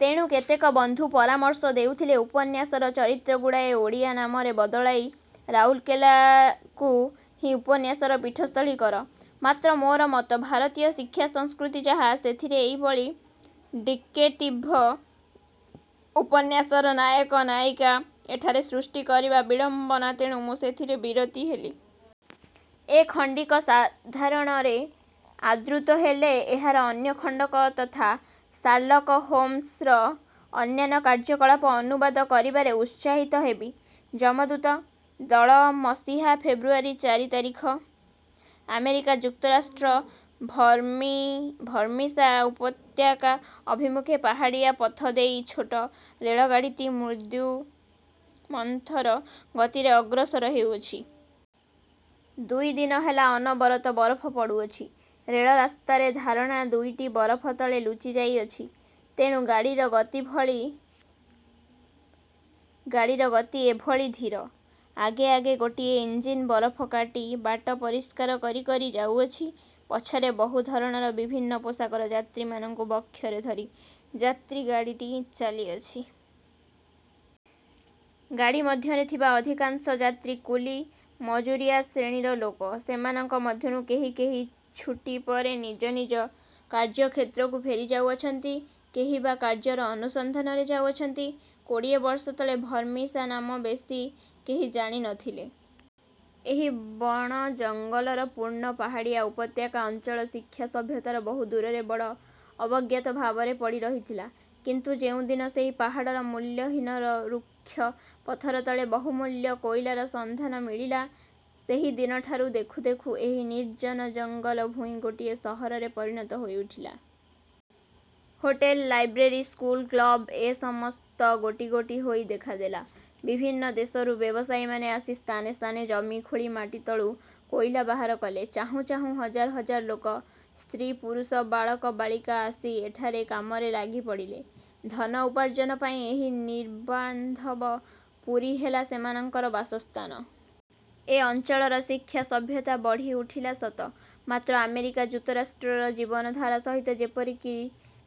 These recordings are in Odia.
ତେଣୁ କେତେକ ବନ୍ଧୁ ପରାମର୍ଶ ଦେଉଥିଲେ, ଉପନ୍ୟାସର ଚରିତ୍ରଗୁଡ଼ିକୁ ଓଡ଼ିଆ ନାମରେ ବଦଳାଇ ରାଉରକେଲାକୁ ହିଁ ଉପନ୍ୟାସର ପୀଠସ୍ଥଳୀ କର। ମାତ୍ର ମୋର ମତ, ଭାରତୀୟ ଶିକ୍ଷା ସଂସ୍କୃତି ଯାହା, ସେଥିରେ ଏଭଳି ଡିକେଟ୍ଟିଭ ଉପନ୍ୟାସର ନାୟକ-ନାୟିକା ଏଠାରେ ସୃଷ୍ଟି କରିବା ବିଡ଼ମ୍ବନା। ତେଣୁ ମୁଁ ସେଥିରୁ ବିରତ ହେଲି। ଏ ଖଣ୍ଡିକ ସାଧାରଣରେ ଆଦୃତ ହେଲେ, ଏହାର ଅନ୍ୟ ଖଣ୍ଡକ ତଥା 'ଶାର୍ଲକ ହୋମ୍ସ'ର ଅନ୍ୟାନ୍ୟ କାର୍ଯ୍ୟକଳାପ ଅନୁବାଦ କରିବାରେ ଉତ୍ସାହିତ ହେବି। 'ଯମଦୂତ' ଦଳ ମସିହା ଫେବୃୟାରୀ ଚାରି ତାରିଖ। ଆମେରିକା ଯୁକ୍ତରାଷ୍ଟ୍ରର ଭର୍ମିସା ଉପତ୍ୟକା ଅଭିମୁଖରେ ପାହାଡ଼ିଆ ପଥ ଦେଇ ଛୋଟ ରେଳଗାଡ଼ିଟି ମୃଦୁମନ୍ଥର ଗତିରେ ଅଗ୍ରସର ହେଉଅଛି। ଦୁଇ ଦିନ ହେଲା ଅନବରତ ବରଫ ପଡ଼ୁଅଛି। ରେଳରାସ୍ତାର ଧାରଣା ଦୁଇଟି ବରଫତଳେ ଲୁଚିଯାଇଅଛି। ତେଣୁ ଗାଡ଼ିର ଗତି ଏଭଳି ଧୀର। ଆଗେଆଗେ ଗୋଟାଏ ଇଞ୍ଜିନ ବରଫ କାଟି ବାଟ ପରିଷ୍କାର କରିକରି ଯାଉଅଛି। ପଛରେ ବହୁ ଧରଣର, ବିଭିନ୍ନ ପୋଷାକର ଯାତ୍ରୀମାନଙ୍କୁ ବକ୍ଷରେ ଧରି ଯାତ୍ରୀଗାଡ଼ିଟି ଚାଲିଅଛି। ଗାଡ଼ି ମଧ୍ୟରେ ଥିବା ଅଧିକାଂଶ ଯାତ୍ରୀ କୁଲି ମଜୁରିଆ ଶ୍ରେଣୀର ଲୋକ। ସେମାନଙ୍କ ମଧ୍ୟରୁ କେହି କେହି ଛୁଟି ପରେ ନିଜ ନିଜ କାର୍ଯ୍ୟକ୍ଷେତ୍ରକୁ ଫେରିଯାଉଅଛନ୍ତି; କେହି ବା କାର୍ଯ୍ୟର ଅନୁସନ୍ଧାନରେ ଯାଉଅଛନ୍ତି। କୋଡ଼ିଏ ବର୍ଷ ତଳେ ଭର୍ମିସା ନାମ ବେଶୀ କେହି ଜାଣି ନ ଥିଲେ। ଏହି ବଣଜଙ୍ଗଲପୂର୍ଣ୍ଣ ପାହାଡ଼ିଆ ଉପତ୍ୟକା ଅଞ୍ଚଳ ଶିକ୍ଷା ସଭ୍ୟତାର ବହୁ ଦୂରରେ ବଡ଼ ଅବଜ୍ଞାତ ଭାବରେ ପଡ଼ି ରହିଥିଲା। କିନ୍ତୁ ଯେଉଁ ଦିନ ସେହି ପାହାଡ଼ର ମୂଲ୍ୟହୀନ ରୁକ୍ଷ ପଥର ତଳେ ବହୁମୂଲ୍ୟ କୋଇଲାର ସନ୍ଧାନ ମିଳିଲା, ସେହି ଦିନଠାରୁ ଦେଖୁଦେଖୁ ଏହି ନିର୍ଜନ ଜଙ୍ଗଲଭୂଇଁ ଗୋଟିଏ ସହରରେ ପରିଣତ ହୋଇଉଠିଲା। ହୋଟେଲ, ଲାଇବ୍ରେରୀ, ସ୍କୁଲ, କ୍ଳବ–ଏ ସମସ୍ତ ଗୋଟିଗୋଟି ହୋଇ ଦେଖାଦେଲା। ବିଭିନ୍ନ ଦେଶରୁ ବ୍ୟବସାୟୀମାନେ ଆସି ସ୍ଥାନେସ୍ଥାନେ ଜମି ଖୋଳି ମାଟିତଳୁ କୋଇଲା ବାହାର କଲେ। ଚାହୁଁ ଚାହୁଁ ହଜାର ହଜାର ଲୋକ–ସ୍ତ୍ରୀ ପୁରୁଷ, ବାଳକ ବାଳିକା ଆସି ଏଠାରେ କାମରେ ଲାଗିପଡ଼ିଲେ। ଧନ ଉପାର୍ଜନ ପାଇଁ ଏହି ନିର୍ବାନ୍ଧବ ପୁରୀ ହେଲା ସେମାନଙ୍କର ବାସସ୍ଥାନ। ଏ ଅଞ୍ଚଳର ଶିକ୍ଷା ସଭ୍ୟତା ବଢ଼ିଉଠିଲା ସତ; ମାତ୍ର ଆମେରିକା ଯୁକ୍ତରାଷ୍ଟ୍ରର ଜୀବନଧାରା ସହିତ ଯେପରି କି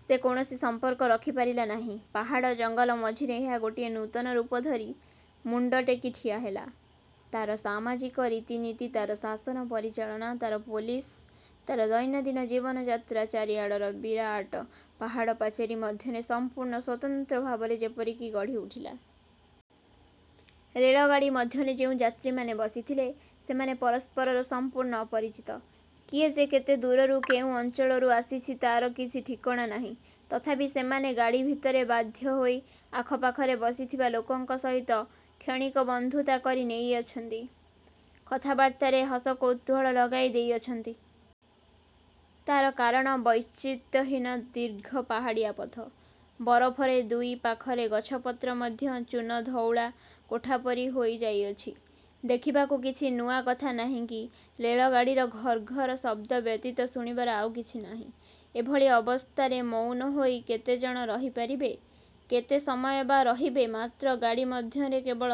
ସେ କୌଣସି ସମ୍ପର୍କ ରଖିପାରିଲା ନାହିଁ-। ପାହାଡ଼ ଜଙ୍ଗଲ ମଝିରେ ଏହା ଗୋଟାଏ ନୂତନ ରୂପ ଧରି ମୁଣ୍ଡ ଟେକି ଠିଆହେଲା। ତାର ସାମାଜିକ ରୀତିନୀତି, ତାର ଶାସନ ପରିଚାଳନା, ତାର ପୋଲିସ, ତାର ଦୈନନ୍ଦିନ ଜୀବନଯାତ୍ରା ଚାରିଆଡ଼ର ବିରାଟ ପାହାଡ଼ ପାଚେରୀ ମଧ୍ୟରେ ସମ୍ପୂର୍ଣ୍ଣ ସ୍ୱତନ୍ତ୍ର ଭାବରେ ଯେପରି କି ଗଢ଼ିଉଠିଲା-। ରେଳଗାଡ଼ି ମଧ୍ୟରେ ଯେଉଁ ଯାତ୍ରୀମାନେ ବସିଥିଲେ, ସେମାନେ ପରସ୍ପରର ସମ୍ପୂର୍ଣ୍ଣ ଅପରିଚିତ। କିଏ ଯେ କେତେ ଦୂରରୁ, କେଉଁ ଅଞ୍ଚଳରୁ ଆସିଛି, ତାର କିଛି ଠିକଣା ନାହିଁ। ତଥାପି ସେମାନେ ଗାଡ଼ିଭିତରେ ବାଧ୍ୟ ହୋଇ ଆଖପାଖରେ ବସିଥିବା ଲୋକଙ୍କ ସହିତ କ୍ଷଣିକ ବନ୍ଧୁତା କରିନେଇଅଛନ୍ତି; କଥାବାର୍ତ୍ତା, ହସକୌତୁକ ଲଗାଇ ଦେଇଅଛନ୍ତି। ତାର କାରଣ, ବୈଚିତ୍ର୍ୟହୀନ ଦୀର୍ଘ ପାହାଡ଼ିଆ ପଥ। ବରଫରେ ଦୁଇ ପାଖର ଗଛପତ୍ର ମଧ୍ୟ ଚୂନଧଉଳା କୋଠା ପରି ହୋଇଯାଇଅଛି। ଦେଖିବାକୁ କିଛି ନୂଆ କଥା ନାହିଁ କି ରେଳଗାଡ଼ିର ଘର୍ଘର ଶବ୍ଦ ବ୍ୟତୀତ ଶୁଣିବାର ଆଉ କିଛି ନାହିଁ। ଏଭଳି ଅବସ୍ଥାରେ ମଉନ ହୋଇ କେତେ ଜଣ ରହିପାରିବେ? କେତେ ସମୟ ବା ରହିବେ? ମାତ୍ର ଗାଡ଼ି ମଧ୍ୟରେ କେବଳ